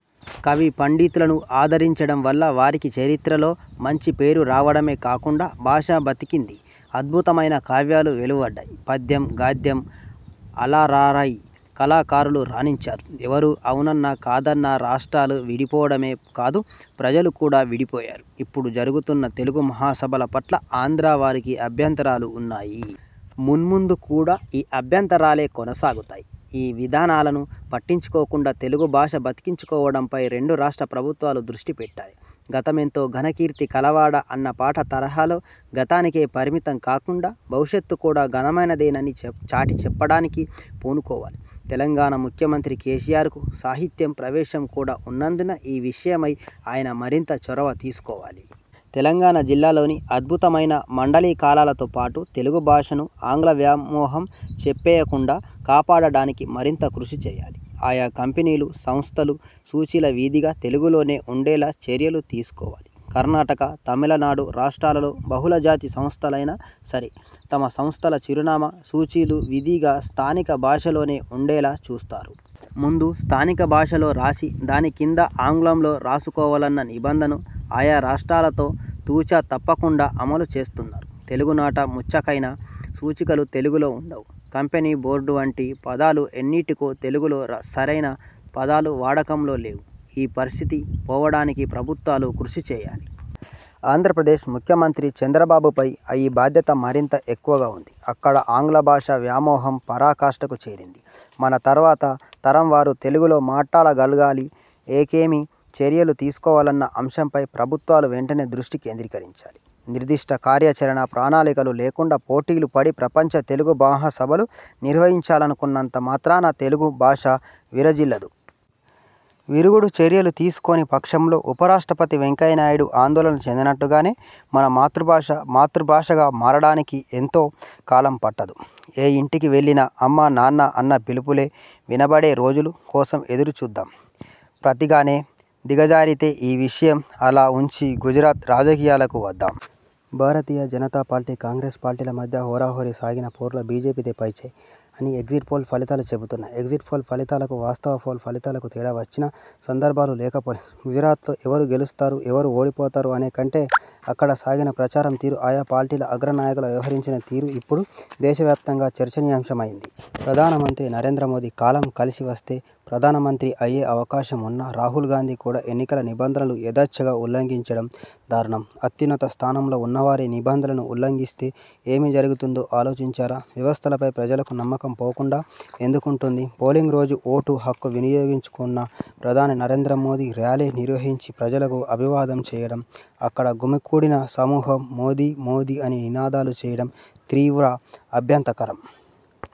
కవి పండితులను ఆదరించడం వల్ల వారికి చరిత్రలో మంచి పేరు రావడమే కాకుండా భాష బతికింది. అద్భుతమైన కావ్యాలు వెలువడ్డాయి. పద్యం– గద్యం అలరారాయి. కళాకారులు రాణించారు. ఎవరు అవునన్నా కాదన్నా రాష్ర్టాలు విడిపోవడమే కాదు ప్రజలు కూడా విడిపోయారు. ఇప్పుడు జరుగుతున్న తెలుగు మహాసభల పట్ల ఆంధ్రవారికి అభ్యంతరాలు ఉన్నాయి. మున్ముందు కూడా ఈ అభ్యంతరాలే కొనసాగుతాయి. ఈ వివాదాలను పట్టించుకోకుండా తెలుగు భాషను బతికించుకోవడంపై రెండు రాష్ట్ర ప్రభుత్వాలు దృష్టి పెట్టాలి. 'గతమెంతో ఘనకీర్తి కలవాడ' అన్న పాట తరహాలో గతానికే పరిమితం కాకుండా భవిష్యత్తు కూడా ఘనమైనదేనని చాటిచెప్పడానికి పూనుకోవాలి. తెలంగాణ ముఖ్యమంత్రి కేసీఆర్కు సాహిత్య ప్రవేశం కూడా ఉన్నందున ఈ విషయమై ఆయన మరింత చొరవ తీసుకోవాలి. తెలంగాణ జిల్లాలలోని అద్భుతమైన మాండలికాలతో పాటు తెలుగు భాషను ఆంగ్ల వ్యామోహం చంపేయకుండా కాపాడటానికి మరింత కృషి చేయాలి. ఆయా కంపెనీలు, సంస్థల సూచీలు విధిగా తెలుగులోనే ఉండేలా చర్యలు తీసుకోవాలి. కర్ణాటక, తమిళనాడు రాష్ర్టాలలో బహుళ జాతి సంస్థలైనా సరే తమ సంస్థల చిరునామా సూచీలు విధిగా స్థానిక భాషలోనే ఉండేలా చూస్తారు. ముందు స్థానిక భాషలో రాసి దాని కింద ఆంగ్లంలో రాసుకోవాలన్న నిబంధనను ఆయా రాష్ర్టాలలో తు. చ. తప్పకుండా అమలు చేస్తున్నారు. తెలుగునాట మచ్చుకైనా సూచీలు తెలుగులో ఉండవు. కంపెనీ, బోర్డు వంటి పదాలు ఎన్నింటికో తెలుగులో సరైన పదాలు వాడకంలో లేవు. ఈ పరిస్థితి పోవడానికి ప్రభుత్వాలు కృషి చేయాలి. ఆంధ్రప్రదేశ్ ముఖ్యమంత్రి చంద్రబాబుపై ఈ బాధ్యత మరింత ఎక్కువగా ఉంది. అక్కడ ఆంగ్ల భాషా వ్యామోహం పరాకాష్టకు చేరింది. మన తర్వాత తరంవారు తెలుగులో మాట్లాడగలగడానికి ఏమేమి చర్యలు తీసుకోవాలన్న అంశంపై ప్రభుత్వాలు వెంటనే దృష్టి కేంద్రీకరించాలి. నిర్దిష్ట కార్యాచరణ ప్రణాళికలు లేకుండా పోటీలు పడి ప్రపంచ తెలుగు మహాసభలు నిర్వహించుకున్నంత మాత్రాన తెలుగు భాష విరాజిల్లదు. విరుగుడు చర్యలు తీసుకోని పక్షంలో ఉపరాష్ట్రపతి వెంకయ్యనాయుడు ఆందోళన చెందినట్టుగానే మన మాతృ భాష మృత భాషగా మారడానికి ఎంతో కాలం పట్టదు. ఏ ఇంటికి వెళ్లినా అమ్మా నాన్న అన్న పిలుపులే వినపడే రోజుల కోసం ఎదురుచూద్దాం. ప్రధానే దిగజారితే ఈ విషయం అలా ఉంచి, గుజరాత్ రాజకీయాలకు వద్దాం. భారతీయ జనతా పార్టీ– కాంగ్రెస్ పార్టీల మధ్య హోరాహోరీ సాగిన పోరులో బీజేపీదే పైచేయి అని ఎగ్జిట్ పోల్ ఫలితాలు చెబుతున్నాయి. ఎగ్జిట్ పోల్ ఫలితాలకు, వాస్తవ పోల్ ఫలితాలకు తేడా వచ్చిన సందర్భాలు లేకపోలేదు. గుజరాత్లో ఎవరు గెలుస్తారు– ఎవరు ఓడిపోతారు అనే కంటే అక్కడ సాగిన ప్రచారం తీరు, ఆయా పార్టీల అగ్ర నాయకులు వ్యవహరించిన తీరు ఇప్పుడు దేశవ్యాప్తంగా చర్చనీయాంశమయ్యింది. ప్రధానమంత్రి నరేంద్ర మోదీ– కాలం కలిసి వస్తే ప్రధానమంత్రి అయ్యే అవకాశం ఉన్న రాహుల్ గాంధీ కూడా ఎన్నికల నిబంధనలను యథేచ్ఛగా ఉల్లంఘించడం దారుణం. అత్యున్నత స్థానంలో ఉన్నవారే నిబంధనలను ఉల్లంఘిస్తే ఏమి జరుగుతుందో ఆలోచించారా? వ్యవస్థలపై ప్రజలకు నమ్మకం పోకుండా ఎందుకుంటుంది? పోలింగ్ రోజు ఓటు హక్కు వినియోగించుకున్న ప్రధాని నరేంద్ర మోదీ ర్యాలీ నిర్వహించి ప్రజలకు అభివాదం చేయడం, అక్కడ గుమిగూడిన సమూహం 'మోదీ మోదీ' అని నినాదాలు చేయడం తీవ్ర అభ్యంతరకరం!